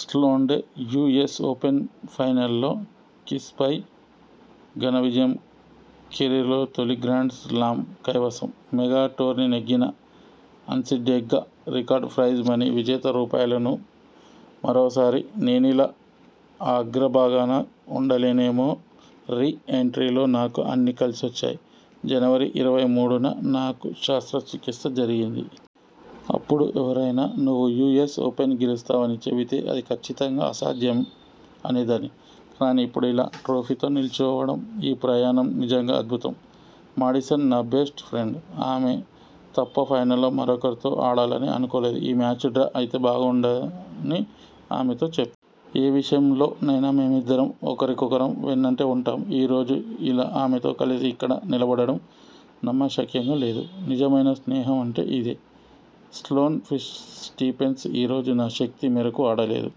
స్లోన్దే US open ఫైనల్లో Keys పై ఘన విజయం కెరీర్లో తొలి గ్రాండ్స్ లామ్ కైవసం. మెగా టోర్నీ నెగ్గిన అన్సీడెడ్గా రికార్డు ప్రైజ్ మనీ విజేత రూపాయలు. మరోసారి నేనిలా అ గ్రభాగాన ఉండలేనేమో! రీ ఎంట్రీలో నాకు అన్నీ కలిసొచ్చాయి. జనవరి ఇరవై మూడున నాకు శస్త్ర చికిత్స జరిగింది. అప్పుడు ఎవరైనా నువ్వు యూఎస్ ఓపెన్ గెలుస్తావని చెబితే అది కచ్చి తంగా అసాధ్యం అనేదాన్ని. కానీ, ఇప్పుడిలా ట్రోఫీతో నిలుచోవడం.. ఈ ప్రయాణం నిజంగా అద్భుతం. మాడిసన్ నా బెస్ట్ ఫ్రెండ్. ఆమె తప్ప ఫైనల్లో మరొకరితో ఆడాలని అనుకోలేదు. ఈ మ్యాచ్ డ్రా అయితే బాగుండని ఆమెతో చెప్పా. ఏ విషయంలోనైనా మేమిద్దరం ఒకరికొకరం వెన్నంటే ఉంటాం. ఈ రోజు ఇలా ఆమెతో కలిసి ఇక్కడ నిలబడడం నమ్మశక్యంగా లేదు. నిజమైన స్నేహం అంటే ఇదే. స్లోన్ స్టీఫెన్స్ ఈ రోజు నా శక్తి మేరకు ఆడలేదు.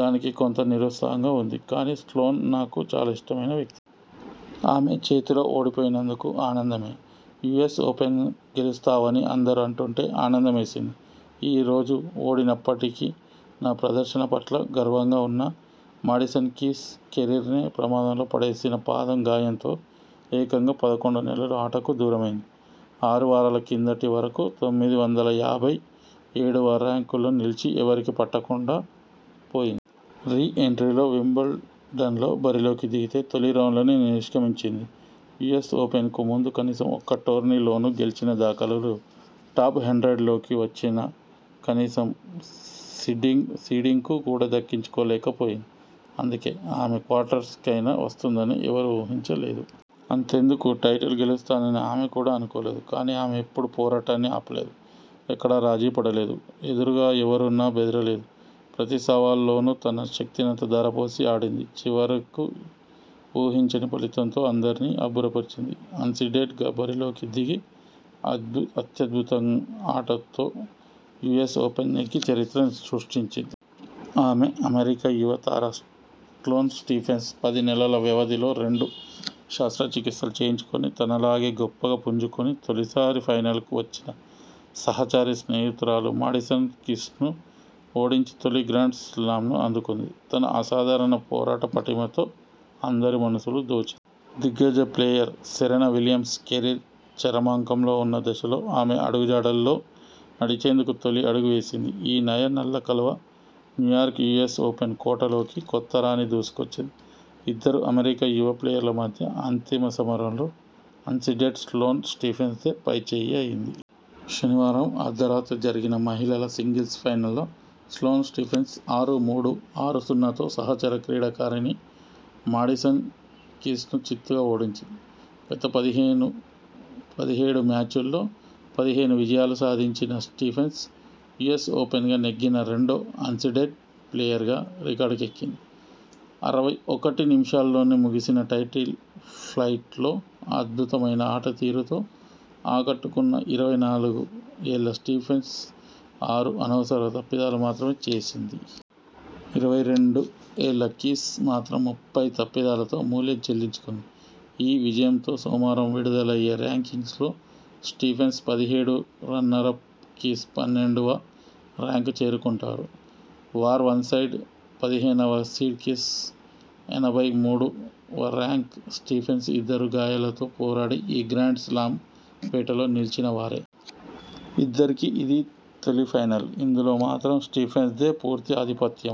దానికి కొంత నిరుత్సాహంగా ఉంది. కానీ, స్లోన్ నాకు చాలా ఇష్టమైన వ్యక్తి. ఆమె చేతిలో ఓడిపోయినందుకు ఆనందమే. యూఎస్ ఓపెన్ గెలుస్తావని అందరూ అంటుంటే ఆనందమేసింది. ఈ రోజు ఓడినప్పటికీ నా ప్రదర్శన పట్ల గర్వంగా ఉన్నా. మాడిసన్ కీస్ కెరీర్నే ప్రమాదంలో పడేసిన పాదం గాయంతో ఏకంగా పదకొండు నెలలు ఆటకు దూరమైంది. ఆరు వారాల కిందటి వరకూ తొమ్మిది వందల యాభై ఏడువ ర్యాంక్లో నిలిచి ఎవరికీ పట్టకుండా పోయింది. రీ ఎంట్రీలో వింబుల్ డన్లో బరిలోకి దిగితే తొలి రౌండ్లోనే నిష్క్రమించింది! యూఎస్ ఓపెన్కు ముందు కనీసం ఒక్క టోర్నీ లోనూ గెలిచిన దాఖలాలు లేవు. టాప్-హండ్రెడ్ లోకి వచ్చినా., కనీసం సీడింగ్ కూడా దక్కించుకోలేక పోయింది! అందుకే.. ఆమె క్వార్టర్స్ కైనా వస్తుందని ఎవరూ ఊహించలేదు. అంతెందుకు టైటిల్ గెలుస్తానని ఆమె కూడా అనుకోలేదు. కానీ, ఆమె ఎప్పుడూ పోరాటాన్ని ఆపలేదు, ఎక్కడా రాజీ పడలేదు, ఎదురుగా ఎవరున్నా బెదరలేదు, ప్రతీ సవాల్లోనూ తన శక్తినంతా ధారపోసి ఆడింది. చివరకు ఊహించని ఫలితంతో అందరినీ అబ్బురపరిచింది. అన్సీడెడ్ గా బరిలోకి దిగి అత్యద్ అత్యద్భుత ఆటతో యూఎస్ ఓపెన్ నెగ్గి చరిత్ర సృష్టించింది. ఆమే అమెరికా యువ తార స్లోన్ స్టీఫెన్స్ పది నెలల వ్యవధిలో రెండు శస్త్రచికిత్సలు చేయించుకొని, తనలాగే గొప్పగా పుంజుకొని, తొలిసారి ఫైనల్కు వచ్చిన సహచరి, స్నేహితురాలు మాడిసన్ కీస్ను ఓడించి తొలి గ్రాండ్స్ లామ్ను అందుకుంది. తన అసాధారణ పోరాట పటిమతో అందరి మనసులూ దోచిం. దిగ్గజ ప్లేయర్ సెరెనా విలియమ్స్ కెరీర్ చరమాంకంలో ఉన్న దశలో ఆమె అడుగజాడల్లో నడిచేందుకు, తొలి అడుగు వేసింది ఈ నయా నల్ల కలువ న్యూయార్క్ యూఎస్ ఓపెన్ కోట లోకి కొత్త రాణి దూసుకొచ్చింది. ఇద్దరు అమెరికా యువ ప్లేయర్ల మధ్య అంతిమ సమరంలో అన్సీడెడ్ స్లోన్ స్టీఫెన్స్ దే పై చేయి అయింది. శనివారం అర్ధరాత్రి జరిగిన మహిళల సింగిల్స్ ఫైనల్లో స్లోన్ స్టీఫెన్స్ ఆరు-మూడు, ఆరు-సున్నాతో సహచర క్రీడాకారిణి మాడిసన్ కీస్ను చిత్తుగా ఓడించింది. గత పదిహేను పదిహేడు మ్యాచ్ల్లో పదిహేను విజయాలు సాధించిన స్టీఫెన్స్, యూఎస్ ఓపెన్ నెగ్గిన రెండో అన్సీడెడ్ ప్లేయర్గా రికార్డుకెక్కింది. అరవై ఒకటి నిమిషాల్లోనే ముగిసిన టైటిల్ ఫైట్లో అద్భుతమైన ఆటతీరుతో ఆకట్టుకున్న ఇరవై నాలుగు ఏళ్ల స్టీఫెన్స్ ఆరు అనవసర తప్పిదాలు మాత్రమే చేసింది. ఇరవై రెండు ఏళ్ల కీస్ మాత్రం ముప్పై తప్పిదాలతో మూల్యం చెల్లించుకుంది. ఈ విజయంతో సోమవారం విడుదలయ్యే ర్యాంకింగ్స్ లో స్టీఫెన్స్ పదిహేడు, రన్నరప్ కీస్ పన్నెండువ ర్యాంక్కు చేరుకుంటారు. వార్ వన్సైడ్, పదిహేనవ సీడ్ కీస్, ఎనభై మూడువ ర్యాంకర్ స్టీఫెన్స్ ఇద్దరూ గాయాలతో పోరాడి ఈ గ్రాండ్స్ లామ్ వేటలో నిలిచిన వారే. ఇద్దరికీ ఇది తొలి ఫైనల్. ఇందులో మాత్రం స్టీఫెన్స్ దే పూర్తి ఆధిపత్యం.